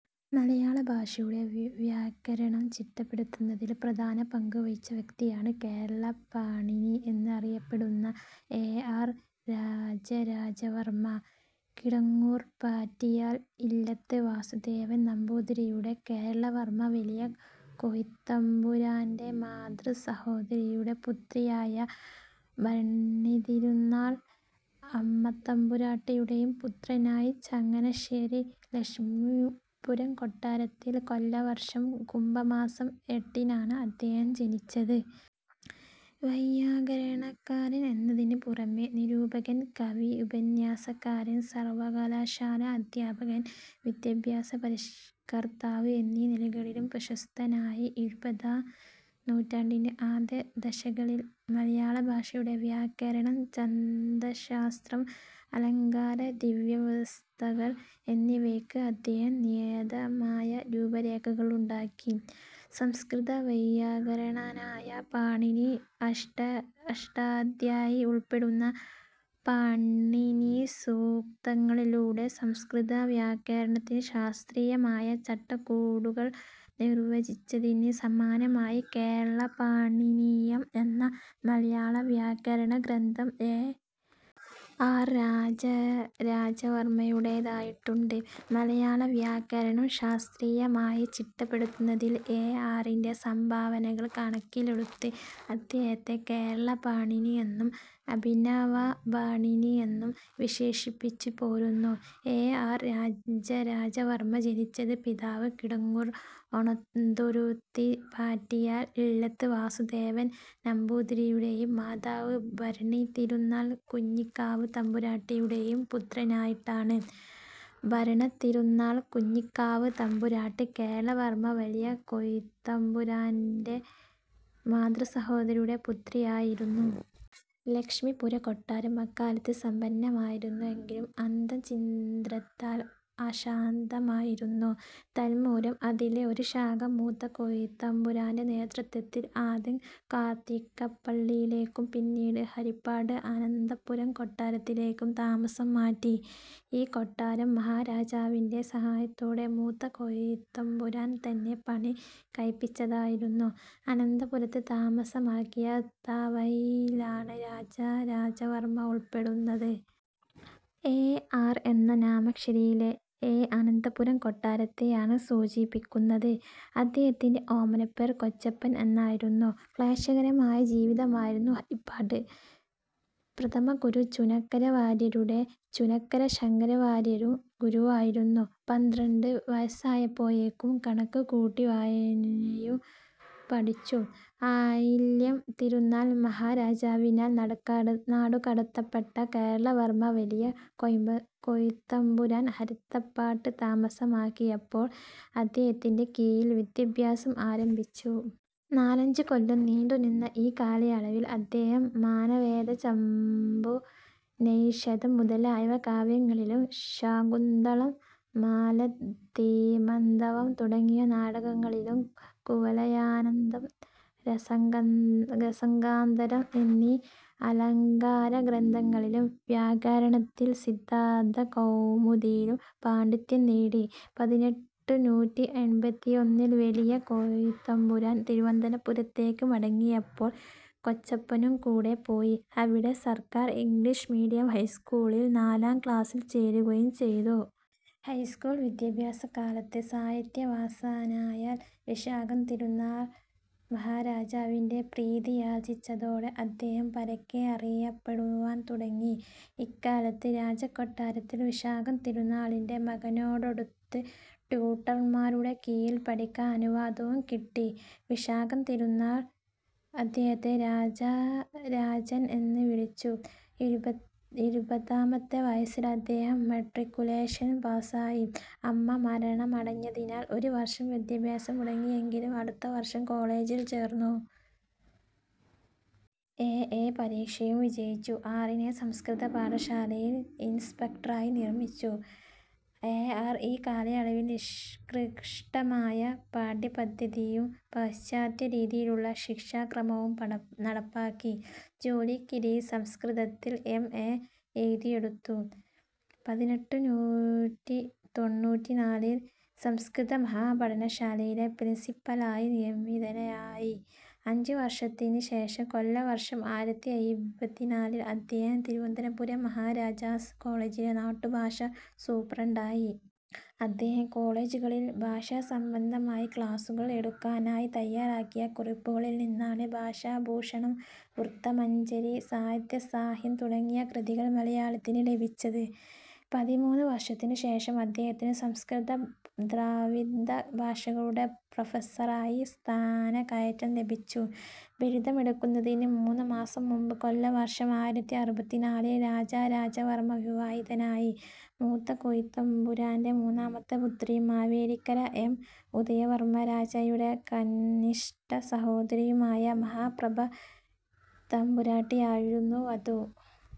മലയാള ഭാഷയുടെ വ്യാകരണം ചിട്ടപ്പെടുത്തുന്നതിൽ പ്രധാന പങ്കുവഹിച്ച വ്യക്തിയാണ് കേരള പാണിനി എന്ന് അറിയപ്പെട്ടിരുന്ന എ. ആർ. രാജരാജവർമ്മ കിടങ്ങൂർ പാറ്റിയാൽ ഇല്ലത്ത് വാസുദേവൻ നമ്പൂതിരിയുടേയും കേരളവർമ്മ വലിയ കോയിത്തമ്പുരാൻ്റെ മാതൃസഹോദരിയുടെ പുത്രിയായ ഭരണിതിരുനാൾ അമ്മത്തമ്പുരാട്ടിയുടേയും പുത്രനായി ചങ്ങനാശ്ശേരി ലക്ഷ്മീപുരം കൊട്ടാരത്തിൽ കൊല്ലവർഷം കുംഭമാസം എട്ടിനാണ് അദ്ദേഹം ജനിച്ചത്. വൈയാകരണകാരൻ എന്നതിനുപുറമേ, നിരൂപകൻ, കവി, ഉപന്യാസകാരൻ, സർവകലാശാലാ അധ്യാപകൻ, വിദ്യാഭ്യാസ പരിഷ്കർത്താവ് എന്നീ നിലകളിലും പ്രശസ്തനായി. ഇരുപതാം നൂറ്റാണ്ടിൻ്റെ ആദ്യദശകങ്ങളിൽ മലയാളഭാഷയുടെ വ്യാകരണം, ഛന്ദശാസ്ത്രം, അലങ്കാരാദിവ്യവസ്ഥകൾ എന്നിവയ്ക്ക് അദ്ദേഹം നിയതമായ രൂപരേഖകളുണ്ടാക്കി. സംസ്കൃതവൈയാകരണനായ പാണിനി അഷ്ടാധ്യായി ഉൾപ്പെടുന്ന പാണിനീസൂക്തങ്ങളിലൂടെ സംസ്കൃതവ്യാകരണത്തിന് ശാസ്ത്രീയമായ ചട്ടക്കൂടുകൾ നിർവചിച്ചതിന് സമാനമായി കേരളപാണിനീയം എന്ന മലയാളവ്യാകരണ ഗ്രന്ഥം എ. ആർ. രാജരാജവർമ്മയുടേതായിട്ടുണ്ട്. മലയാളവ്യാകരണം ശാസ്ത്രീയമായി ചിട്ടപ്പെടുത്തുന്നതിൽ എ. ആറിൻ്റെ സംഭാവനകൾ കണക്കിലെടുത്ത് അദ്ദേഹത്തെ കേരളപാണിനി എന്നും അഭിനവപാണിനി എന്നും വിശേഷിപ്പിച്ചുപോരുന്നു.എ. ആർ. രാജരാജവർമ്മ ജനിച്ചത് പിതാവ് കിടങ്ങൂർ ഓണന്തുരുത്തി പാറ്റിയാൽ ഇല്ലത്ത് വാസുദേവൻ നമ്പൂതിരിയുടെയും മാതാവ് ഭരണിതിരുനാൾ കുഞ്ഞിക്കാവ് തമ്പുരാട്ടിയുടെയും പുത്രനായിട്ടാണ്. ഭരണിതിരുനാൾ കുഞ്ഞിക്കാവ് തമ്പുരാട്ടി കേരളവർമ്മ വലിയ കോയിത്തമ്പുരാൻ്റെ മാതൃസഹോദരിയുടെ പുത്രിയായിരുന്നു. ലക്ഷ്മീപുരം കൊട്ടാരം അക്കാലത്ത് സമ്പന്നമായിരുന്നെങ്കിലും അന്തഃച്ഛിദ്രത്താൽ അശാന്തമായിരുന്നു. തന്മൂലം അതിലെ ഒരു ശാഖ മൂത്ത കോയിത്തമ്പുരാൻ്റെ നേതൃത്വത്തിൽ ആദ്യം കാർത്തികപ്പള്ളിയിലേക്കും പിന്നീട് ഹരിപ്പാട്ട് അനന്തപുരം കൊട്ടാരത്തിലേക്കും താമസം മാറ്റി. ഈ കൊട്ടാരം മഹാരാജാവിൻ്റെ സഹായത്തോടെ മൂത്ത കോയിത്തമ്പുരാൻ തന്നെ പണി കഴിപ്പിച്ചതായിരുന്നു. അനന്തപുരത്ത് താമസമാക്കിയ താവഴിയിലാണ് രാജരാജവർമ്മ ഉൾപ്പെടുന്നത്. എ. ആർ. എന്ന നാമാക്ഷരിയിലെ എ അനന്തപുരം കൊട്ടാരത്തെയാണ് സൂചിപ്പിക്കുന്നത്. അദ്ദേഹത്തിൻ്റെ ഓമനപ്പേർ കൊച്ചപ്പൻ എന്നായിരുന്നു. ക്ലേശകരമായ ജീവിതമായിരുന്നു ഹരിപ്പാട്ട്. പ്രഥമഗുരു ചുനക്കര വാര്യരുടെ. ചുനക്കര ശങ്കരവാര്യരും ഗുരുവായിരുന്നു. പന്ത്രണ്ട് വയസ്സായപ്പോഴേക്കും കണക്കും കൂട്ടിവായനയും പഠിച്ചു. ആയില്യം തിരുനാൾ മഹാരാജാവിനാൽ നാടുകടത്തപ്പെട്ട കേരളവർമ്മ വലിയ കോയിത്തമ്പുരാൻ ഹരിപ്പാട്ട് താമസമാക്കിയപ്പോൾ അദ്ദേഹത്തിൻ്റെ കീഴിൽ വിദ്യാഭ്യാസം ആരംഭിച്ചു. നാലഞ്ചുകൊല്ലം നീണ്ടുനിന്ന ഈ കാലയളവിൽ അദ്ദേഹം മാനവേദചമ്പു, നൈഷധം മുതലായ കാവ്യങ്ങളിലും ശാകുന്തളം, മാലതീമാധവം തുടങ്ങിയ നാടകങ്ങളിലും കുവലയാനന്ദം, രസഗംഗാധരം എന്നീ അലങ്കാരഗ്രന്ഥങ്ങളിലും വ്യാകരണത്തിൽ സിദ്ധാന്തകൗമുദിയിലും പാണ്ഡിത്യം നേടി. പതിനെട്ടുനൂറ്റി എൺപത്തിയൊന്നിൽ വലിയ കോയിത്തമ്പുരാൻ തിരുവനന്തപുരത്തേക്ക് മടങ്ങിയപ്പോൾ കൊച്ചപ്പനും കൂടെ പോയി. അവിടെ സർക്കാർ ഇംഗ്ലീഷ് മീഡിയം ഹൈസ്കൂളിൽ നാലാം ക്ലാസിൽ ചേരുകയും ചെയ്തു. ഹൈസ്കൂൾ വിദ്യാഭ്യാസകാലത്ത് സാഹിത്യവാസനയാൽ വിശാഖം തിരുനാൾ മഹാരാജാവിൻ്റെ പ്രീതിയാർജിച്ചതോടെ അദ്ദേഹം പരക്കെ അറിയപ്പെടുവാൻ തുടങ്ങി. ഇക്കാലത്ത് രാജകൊട്ടാരത്തിൽ വിശാഖം തിരുനാളിൻ്റെ മകനോടൊത്ത് ട്യൂട്ടർമാരുടെ കീഴിൽ പഠിക്കാൻ അനുവാദവും കിട്ടി. വിശാഖം തിരുനാൾ അദ്ദേഹത്തെ രാജരാജൻ എന്ന് വിളിച്ചു. ഇരുപതാമത്തെ വയസ്സിൽ അദ്ദേഹം മെട്രിക്കുലേഷൻ പാസായി. അമ്മ മരണമടഞ്ഞതിനാൽ ഒരുവർഷം വിദ്യാഭ്യാസം മുടങ്ങിയെങ്കിലും അടുത്തവർഷം കോളേജിൽ ചേർന്നു. എ. എ. പരീക്ഷയും വിജയിച്ചു. ആറിനെ സംസ്കൃത പാഠശാലയിൽ ഇൻസ്പെക്ടറായി നിയമിച്ചു. എ. ആർ. ഈ കാലയളവിൽ നിഷ്കൃഷ്ടമായ പാഠ്യപദ്ധതിയും പാശ്ചാത്യരീതിയിലുള്ള ശിക്ഷാക്രമവും നടപ്പാക്കി. ജോലിക്കിടയിൽ സംസ്കൃതത്തിൽ എം. എ. എഴുതിയെടുത്തു. പതിനെട്ടുനൂറ്റി തൊണ്ണൂറ്റിനാലിൽ സംസ്കൃത മഹാപാഠശാലയിലെ പ്രിൻസിപ്പലായി നിയമിതനായി. അഞ്ചുവർഷത്തിനുശേഷം, കൊല്ലവർഷം ആയിരത്തി എഴുപത്തിനാലിൽ അദ്ദേഹം തിരുവനന്തപുരം മഹാരാജാസ് കോളേജിലെ നാട്ടുഭാഷാ സൂപ്രണ്ടായി. അദ്ദേഹം കോളേജുകളിൽ ഭാഷാസംബന്ധമായി ക്ലാസുകൾ എടുക്കാനായി തയ്യാറാക്കിയ കുറിപ്പുകളിൽ നിന്നാണ് ഭാഷാഭൂഷണം, വൃത്തമഞ്ജരി, സാഹിത്യസാഹ്യം തുടങ്ങിയ കൃതികൾ മലയാളത്തിന് ലഭിച്ചത്. പതിമൂന്ന് വർഷത്തിനുശേഷം അദ്ദേഹത്തിന് സംസ്കൃത ദ്രാവിഡ ഭാഷകളുടെ പ്രൊഫസറായി സ്ഥാനക്കയറ്റം ലഭിച്ചു. ബിരുദമെടുക്കുന്നതിന് മൂന്നുമാസം മുമ്പ് കൊല്ലവർഷം ആയിരത്തി അറുപത്തിനാലിൽ രാജരാജവർമ്മ വിവാഹിതനായി. മൂത്ത കോയിത്തമ്പുരാൻ്റെ മൂന്നാമത്തെ പുത്രിയും മാവേലിക്കര എം. ഉദയവർമ്മരാജായുടെ കനിഷ്ഠസഹോദരിയുമായ മഹാപ്രഭ തമ്പുരാട്ടിയായിരുന്നു വധു.